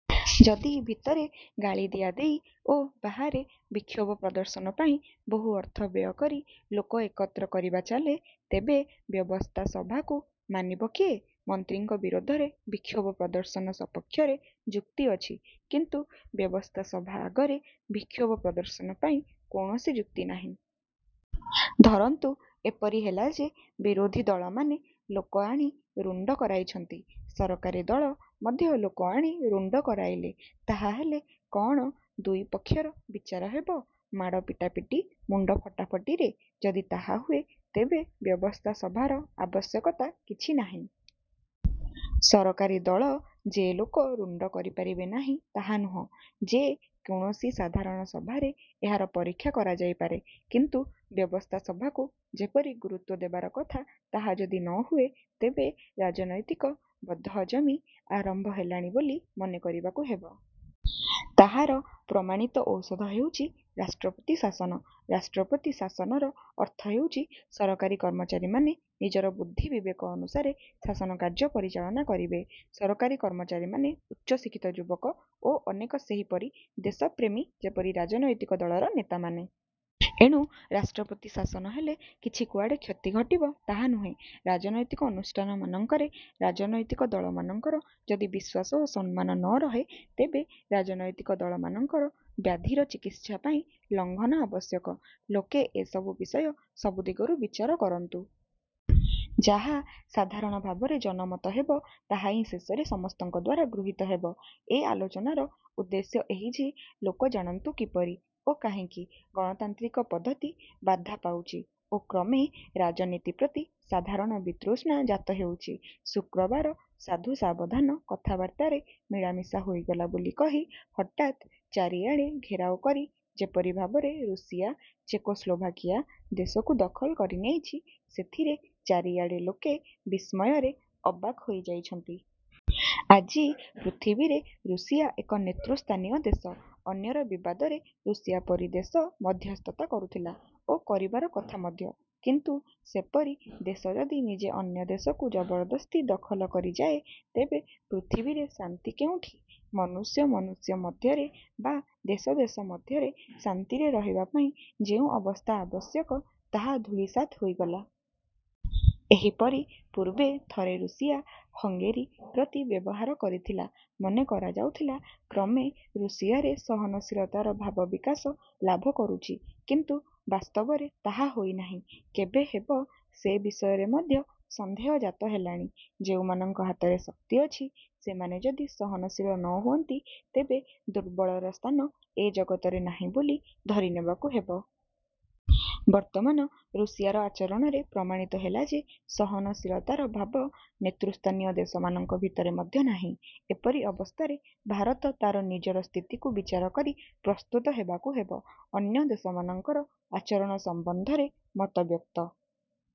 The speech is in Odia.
ଯଦି ଭିତରେ ଗାଳି ଦିଆଦେଇ ଓ ବାହାରେ ବିକ୍ଷୋଭ ପ୍ରଦର୍ଶନ ପାଇଁ ବହୁ ଅର୍ଥ ବ୍ୟୟକରି ଲୋକ ଏକତ୍ର କରିବା ଚାଲେ, ତେବେ ବ୍ୟବସ୍ଥାସଭାକୁ ମାନିବ କିଏ? ମନ୍ତ୍ରୀଙ୍କ ବିରୋଧରେ ବିକ୍ଷୋଭ ପ୍ରଦର୍ଶନ ସପକ୍ଷରେ ଯୁକ୍ତି ଅଛି; କିନ୍ତୁ ବ୍ୟବସ୍ଥାସଭା ଆଗରେ ବିକ୍ଷୋଭ ପ୍ରଦର୍ଶନ ପାଇଁ କୌଣସି ଯୁକ୍ତି ନାହିଁ। ଧରନ୍ତୁ ଏପରି ହେଲା ଯେ ବିରୋଧୀ ଦଳମାନେ ଲୋକ ଆଣି ରୁଣ୍ଡ କରାଇଛନ୍ତି। ସରକାରୀ ଦଳ ମଧ୍ୟ ଲୋକ ଆଣି ରୁଣ୍ଡ କରାଇଲେ। ତାହାହେଲେ କଅଣ ଦୁଇ ପକ୍ଷର ବିଚାର ହେବ ମାଡ଼ପିଟାପିଟି, ମୁଣ୍ଡ ଫଟାଫଟିରେ? ଯଦି ତାହା ହୁଏ, ତେବେ ବ୍ୟବସ୍ଥାସଭାର ଆବଶ୍ୟକତା କିଛି ନାହିଁ। ସରକାରୀ ଦଳ ଯେ ଲୋକ ରୁଣ୍ଡ କରିପାରିବେ ନାହିଁ ତାହା ନୁହେଁ। ଯେ କୌଣସି ସାଧାରଣ ସଭାରେ ଏହାର ପରୀକ୍ଷା କରାଯାଇ ପାରେ; କିନ୍ତୁ ବ୍ୟବସ୍ଥାସଭାକୁ ଯେପରି ଗୁରୁତ୍ୱ ଦେବାର କଥା ତାହା ଯଦି ନହୁଏ, ତେବେ ରାଜନୈତିକ ବଦ୍ହଜମି ଆରମ୍ଭ ହେଲାଣି ବୋଲି ମନେ କରିବାକୁ ହେବ। ତାହାର ପ୍ରମାଣିତ ଔଷଧ ହେଉଛି ରାଷ୍ଟ୍ରପତି ଶାସନ। ରାଷ୍ଟ୍ରପତି ଶାସନର ଅର୍ଥ ହେଉଛି ସରକାରୀ କର୍ମଚାରୀମାନେ ନିଜର ବୁଦ୍ଧି ବିବେକ ଅନୁସାରେ ଶାସନ କାର୍ଯ୍ୟ ପରିଚାଳନା କରିବେ। ସରକାରୀ କର୍ମଚାରୀମାନେ ଉଚ୍ଚ ଶିକ୍ଷିତ ଯୁବକ ଓ ଅନେକ ସେହିପରି ଦେଶପ୍ରେମୀ ଯେପରି ରାଜନୈତିକ ଦଳର ନେତାମାନେ। ଏଣୁ ରାଷ୍ଟ୍ରପତି ଶାସନ ହେଲେ କିଛି କୁଆଡ଼େ କ୍ଷତି ଘଟିବ, ତାହା ନୁହେଁ। ରାଜନୈତିକ ଅନୁଷ୍ଠାନମାନଙ୍କରେ ରାଜନୈତିକ ଦଳମାନଙ୍କର ଯଦି ବିଶ୍ୱାସ ଓ ସମ୍ମାନ ନରହେ, ତେବେ ରାଜନୈତିକ ଦଳମାନଙ୍କର ବ୍ୟାଧିର ଚିକିତ୍ସା ପାଇଁ ଲଂଘନ ଆବଶ୍ୟକ। ଲୋକେ ଏସବୁ ବିଷୟ ସବୁ ଦିଗରୁ ବିଚାର କରନ୍ତୁ। ଯାହା ସାଧାରଣ ଭାବରେ ଜନମତ ହେବ, ତାହା ହିଁ ଶେଷରେ ସମସ୍ତଙ୍କଦ୍ୱାରା ଗୃହୀତ ହେବ। ଏ ଆଲୋଚନାର ଉଦ୍ଦେଶ୍ୟ ଏହି ଯେ ଲୋକ ଜାଣନ୍ତୁ କିପରି ଓ କାହିଁକି ଗଣତାନ୍ତ୍ରିକ ପଦ୍ଧତି ବାଧାପାଉଛି ଓ କ୍ରମେ ରାଜନୀତି ପ୍ରତି ସାଧାରଣ ବିତୃଷ୍ଣା ଜାତହେଉଛି। ଶୁକ୍ରବାର ସାଧୁ ସାବଧାନ କଥାବାର୍ତ୍ତାରେ ମିଳାମିଶା ହୋଇଗଲା ବୋଲି କହି ହଠାତ୍ ଚାରିଆଡ଼େ ଘେରାଉ କରି ଯେପରି ଭାବରେ ରୁଷିଆ ଚେକୋସ୍ଲୋଭାକିଆ ଦେଶକୁ ଦଖଲ କରିନେଇଛି, ସେଥିରେ ଚାରିଆଡ଼େ ଲୋକେ ବିସ୍ମୟରେ ଅବାକ ହୋଇ ଯାଇଛନ୍ତି। ଆଜି ପୃଥିବୀରେ ରୁଷିଆ ଏକ ନେତୃ ସ୍ଥାନୀୟ ଦେଶ। ଅନ୍ୟର ବିବାଦରେ ରୁଷିଆ ପରି ଦେଶ ମଧ୍ୟସ୍ଥତା କରୁଥିଲା ଓ କରିବାର କଥା ମଧ୍ୟ; କିନ୍ତୁ ସେପରି ଦେଶ ଯଦି ନିଜେ ଅନ୍ୟ ଦେଶକୁ ଜବରଦସ୍ତି ଦଖଲ କରିଯାଏ, ତେବେ ପୃଥିବୀରେ ଶାନ୍ତି କେଉଁଠି। ମନୁଷ୍ୟ ମନୁଷ୍ୟ ମଧ୍ୟରେ ବା ଦେଶ ଦେଶ ମଧ୍ୟରେ ଶାନ୍ତିରେ ରହିବାପାଇଁ ଯେଉଁ ଅବସ୍ଥା ଆବଶ୍ୟକ ତାହା ଧୂଳିସାତ ହୋଇଗଲା। ଏହିପରି ପୂର୍ବେ ଥରେ ରୁଷିଆ ହଙ୍ଗେରି ପ୍ରତି ବ୍ୟବହାର କରିଥିଲା। ମନେ କରାଯାଉଥିଲା, କ୍ରମେ ରୁଷିଆରେ ସହନଶୀଳତାର ଭାବ ବିକାଶ ଲାଭ କରୁଛି; କିନ୍ତୁ ବାସ୍ତବରେ ତାହା ହୋଇନାହିଁ। କେବେ ହେବ ସେ ବିଷୟରେ ମଧ୍ୟ ସନ୍ଦେହଜାତ ହେଲାଣି। ଯେଉଁମାନଙ୍କ ହାତରେ ଶକ୍ତି ଅଛି, ସେମାନେ ଯଦି ସହନଶୀଳ ନ ହୁଅନ୍ତି, ତେବେ ଦୁର୍ବଳର ସ୍ଥାନ ଏ ଜଗତରେ ନାହିଁ ବୋଲି ଧରିନେବାକୁ ହେବ। ବର୍ତ୍ତମାନ ରୁଷିଆର ଆଚରଣରେ ପ୍ରମାଣିତ ହେଲା ଯେ ସହନଶୀଳତାର ଭାବ ନେତୃସ୍ଥାନୀୟ ଦେଶମାନଙ୍କ ଭିତରେ ମଧ୍ୟ ନାହିଁ। ଏପରି ଅବସ୍ଥାରେ ଭାରତ ତା'ର ନିଜର ସ୍ଥିତିକୁ ବିଚାରକରି ପ୍ରସ୍ତୁତ ହେବାକୁ ହେବ। ଅନ୍ୟ ଦେଶମାନଙ୍କର ଆଚରଣ ସମ୍ବନ୍ଧରେ ମତବ୍ୟକ୍ତ